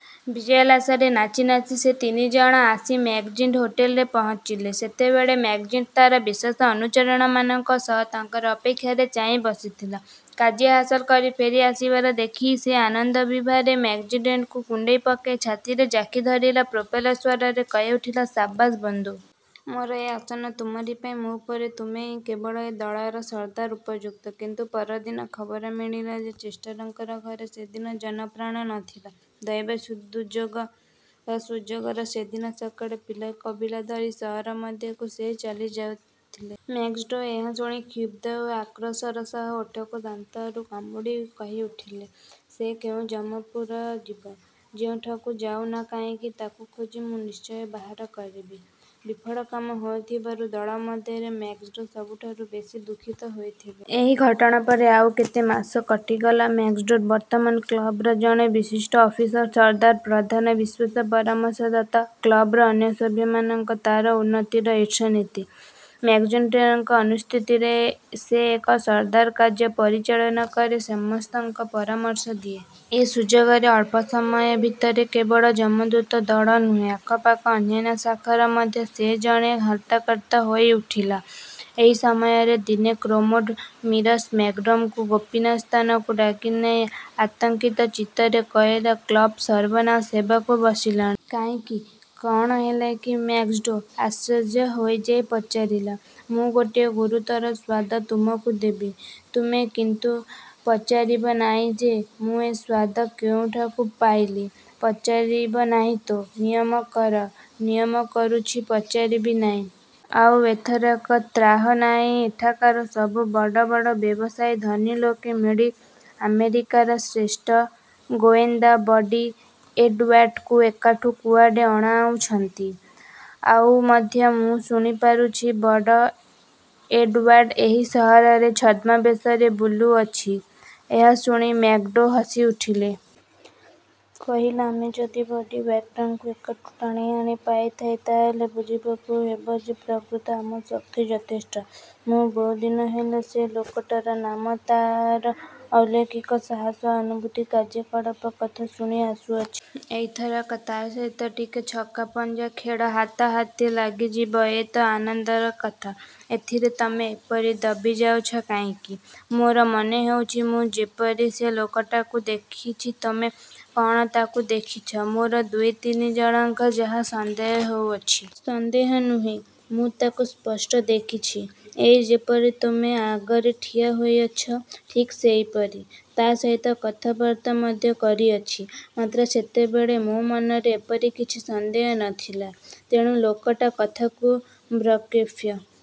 ବିଜୟୋଲ୍ଲାସରେ ନାଚିନାଚି ସେ ତିନି ଜଣ ଆସି ମ୍ୟାକ୍ଜିଣ୍ଟି ହୋଟେଲରେ ପହଞ୍ଚିଲେ-। ସେତେବେଳେ ମ୍ୟାକ୍ଜିଣ୍ଟି ତାର ବିଶ୍ୱସ୍ତ ଅନୁଚରମାନଙ୍କ ସହ ତାଙ୍କର ଅପେକ୍ଷାରେ ଚାହିଁ ବସିଥିଲା। କାର୍ଯ୍ୟ ହାସଲ କରି ଫେରି ଆସିବାର ଦେଖି ସେ ଆନନ୍ଦବିଭୋର ମ୍ୟାକ୍ମାର୍ଡ଼ୋକୁ କୁଣ୍ଢାଇ ପକାଇ ଛାତିରେ ଜାକିଧରିଲା। ପ୍ରଫୁଲ୍ଲସ୍ୱରରେ କହି ଉଠିଲା, ''ସାବାସ୍ ବନ୍ଧୁ। ମୋର ଏ ଆସନ ତୁମରି ପାଇଁ। ମୋ ପରେ ତୁମେ ହିଁ କେବଳ ଏ ଦଳର ସର୍ଦ୍ଦାର ହେବା ଉପଯୁକ୍ତ-। '' କିନ୍ତୁ ପର ଦିନ ଖବର ମିଳିଲା ଯେ ଚେଷ୍ଟରଙ୍କ ଘରେ ସେଦିନ ଜନପ୍ରାଣୀ ନ ଥିଲେ। ଦୈବ ଦୁର୍ଯୋଗ ବା ସୁଯୋଗରୁ ସେଦିନ ସକାଳେ ପିଲାକବିଲା ଧରି ସହର ମଧ୍ୟକୁ ସେ ଚାଲି ଯାଇଥିଲେ। ମ୍ୟାକ୍ମାର୍ଡ଼ୋ ଏହା ଶୁଣି କ୍ଷୁବ୍ଧ ଓ ଆକ୍ରୋଶର ସହ ଓଠକୁ ଦାନ୍ତରେ କାମୁଡ଼ି କହିଉଠିଲା, ''ସେ କେଉଁ ଯମପୂରକୁ ଯିବ? ଯେଉଁଠାକୁ ଯାଉ ନା କାହିଁକି, ତାକୁ ଖୋଜି ମୁଁ ନିଶ୍ଚୟ ବାହାର କରିବି। '' ବିଫଳକାମ ହୋଇଥିବାରୁ ଦଳମଧ୍ୟରେ ମ୍ୟାକ୍ମାର୍ଡ଼ୋ ସବୁଠାରୁ ବେଶୀ ଦୁଃଖିତ ହୋଇଥିଲା। ଏହି ଘଟଣା ପରେ ଆଉ କେତେ ମାସ କଟିଗଲା। ମ୍ୟାକ୍ମାର୍ଡ଼ୋ ବର୍ତ୍ତମାନ କ୍ଳବର ଜଣେ ବିଶିଷ୍ଟ ଅଫିସର, ସର୍ଦ୍ଦାରର ପ୍ରଧାନ ବିଶ୍ୱସ୍ତ ପରାମର୍ଶଦାତା। କ୍ଳବର ଅନ୍ୟ ସଭ୍ୟମାନେ ତାର ଉନ୍ନତିରେ ଈର୍ଷାନ୍ୱିତ। ମ୍ୟାକ୍ଜିଣ୍ଟିର ଅନୁସ୍ଥିତିରେ ସେ ଏବେ ସର୍ଦ୍ଦାରର କାର୍ଯ୍ୟ ପରିଚାଳନା କରେ; ସମସ୍ତଙ୍କୁ ପରାମର୍ଶ ଦିଏ। ଏହି ସୁଯୋଗରେ ଅଳ୍ପ ସମୟ ଭିତରେ କେବଳ ଯମଦୂତ ଦଳ ନୁହେ, ପାଖଆଖ ଅନ୍ୟାନ୍ୟ ଶାଖାର ମଧ୍ୟ ସେ ଜଣେ ହର୍ତ୍ତାକର୍ତ୍ତା ହୋଇଉଠିଲା। ଏହି ସମୟରେ ଦିନେ କମ୍ରେଡ଼ ମରିସ ମ୍ୟାକ୍ମାର୍ଡ଼ୋକୁ ଗୋପନୀୟ ସ୍ଥାନକୁ ଡାକିନେଇ ଆତଙ୍କିତ ଚିତ୍ତରେ କହିଲା, ''କ୍ଳବ୍ର ସର୍ବନାଶ ହେବାକୁ ବସିଲାଣି। '' ''କାହିଁକି? କଅଣ ହେଲା କି? '' –ମ୍ୟାକ୍ମାର୍ଡ଼ୋ ଆଶ୍ଚର୍ଯ୍ୟ ହୋଇଯାଇ ପଚାରିଲା। ''ମୁଁ ଗୋଟିଏ ଗୁରୁତର ସମ୍ବାଦ ତୁମକୁ ଦେବି। ତୁମେ କିନ୍ତୁ ପଚାରିବ ନାହିଁ ଯେ, ମୁଁ ଏ ସମ୍ବାଦ କେଉଁଠାରୁ ପାଇଲି। ପଚାରିବ ନାହିଁ ତ? ନିୟମ କର। '' ''ନିୟମ କରୁଚି–ପଚାରିବି ନାହିଁ। '' ''ଆଉ ଏଥରକ ତ୍ରାହି ନାହିଁ। ଏଠାକାର ସବୁ ବଡ଼ବଡ଼ ବ୍ୟବସାୟୀ ଧନୀ ଲୋକେ ମିଳି ଆମେରିକାର ଶ୍ରେଷ୍ଠ ଗୋଏନ୍ଦା ବର୍ଡ଼ି ଏଡ଼୍ଓ୍ୟାର୍ଡ଼କୁ ଏଠାକୁ କୁଆଡ଼େ ଅଣାଇଅଛନ୍ତି। ଆଉ ମଧ୍ୟ ମୁଁ ଶୁଣିପାରୁଚି, ବର୍ଡ଼ି ଏଡ଼ଓ୍ୟାର୍ଡ଼ ଏହି ସହରରେ ଛଦ୍ମବେଶରେ ବୁଲୁଅଛି। '' ଏହା ଶୁଣି ମ୍ୟାକ୍ମାର୍ଡ଼ୋ ହସିଉଠିଲା। କହିଲା, ''ଆମେ ଯଦି ବର୍ଡ଼ି ଏଡ଼ଓ୍ୟାଡ଼କୁ ଏଠାକୁ ଟାଣିଆଣି ପାରିଥାଇଁ, ତା ହେଲେ ବୁଝିବାକୁ ହେବ ଯେ, ପ୍ରକୃତରେ ଆମର ଶକ୍ତି ଯଥେଷ୍ଟ-। ମୁଁ ବହୁ ଦିନ ହେଲା ସେ ଲୋକଟାର ନାମ, ତାର ଅଲୌକିକ ସାହସ ଓ ଅଦ୍ଭୁତ କାର୍ଯ୍ୟକଳାପ କଥା ଶୁଣି ଆସୁଅଛି। ଏଇଥରକ ତା ସହିତ ଟିକିଏ ଛକାପଂଝା ଖେଳ ହାତାହାତି ଲାଗିଯିବି-ଏ ତ ଆନନ୍ଦର କଥା। ଏଥିରେ ତୁମେ ଏପରି ଦବିଯାଉଛ କାହିଁକି? ମୋର ମନେ ହେଉଚି, ମୁଁ ଯେପରି ସେ ଲୋକଟାକୁ ଦେଖିଛି। ତୁମେ କଅଣ ତାକୁ ଦେଖିଅଛ? '' ''ମୋର ଦୁଇ ତିନି ଜଣଙ୍କୁ ଯାହା ସନ୍ଦେହ ହେଉଅଛି। '' ''ସନ୍ଦେହ ନୁହେ; ମୁଁ ତାକୁ ସ୍ପଷ୍ଟ ଦେଖିଛି—ଏଇ ଯେପରି ତୁମେ ଆଗରେ ଠିଆ ହୋଇଅଛ, ଠିକ୍ ସେହିପରି। ତା ସହିତ କଥାବାର୍ତ୍ତା ମଧ୍ୟ କରିଅଛି। ମାତ୍ର ସେତେବେଳେ ମୋ ମନରେ ଏପରି କିଛି ସନ୍ଦେହ ନ ଥିଲା। ତେଣୁ ଲୋକଟାର କଥାକୁ ଭ୍ରୂକ୍ଷେପ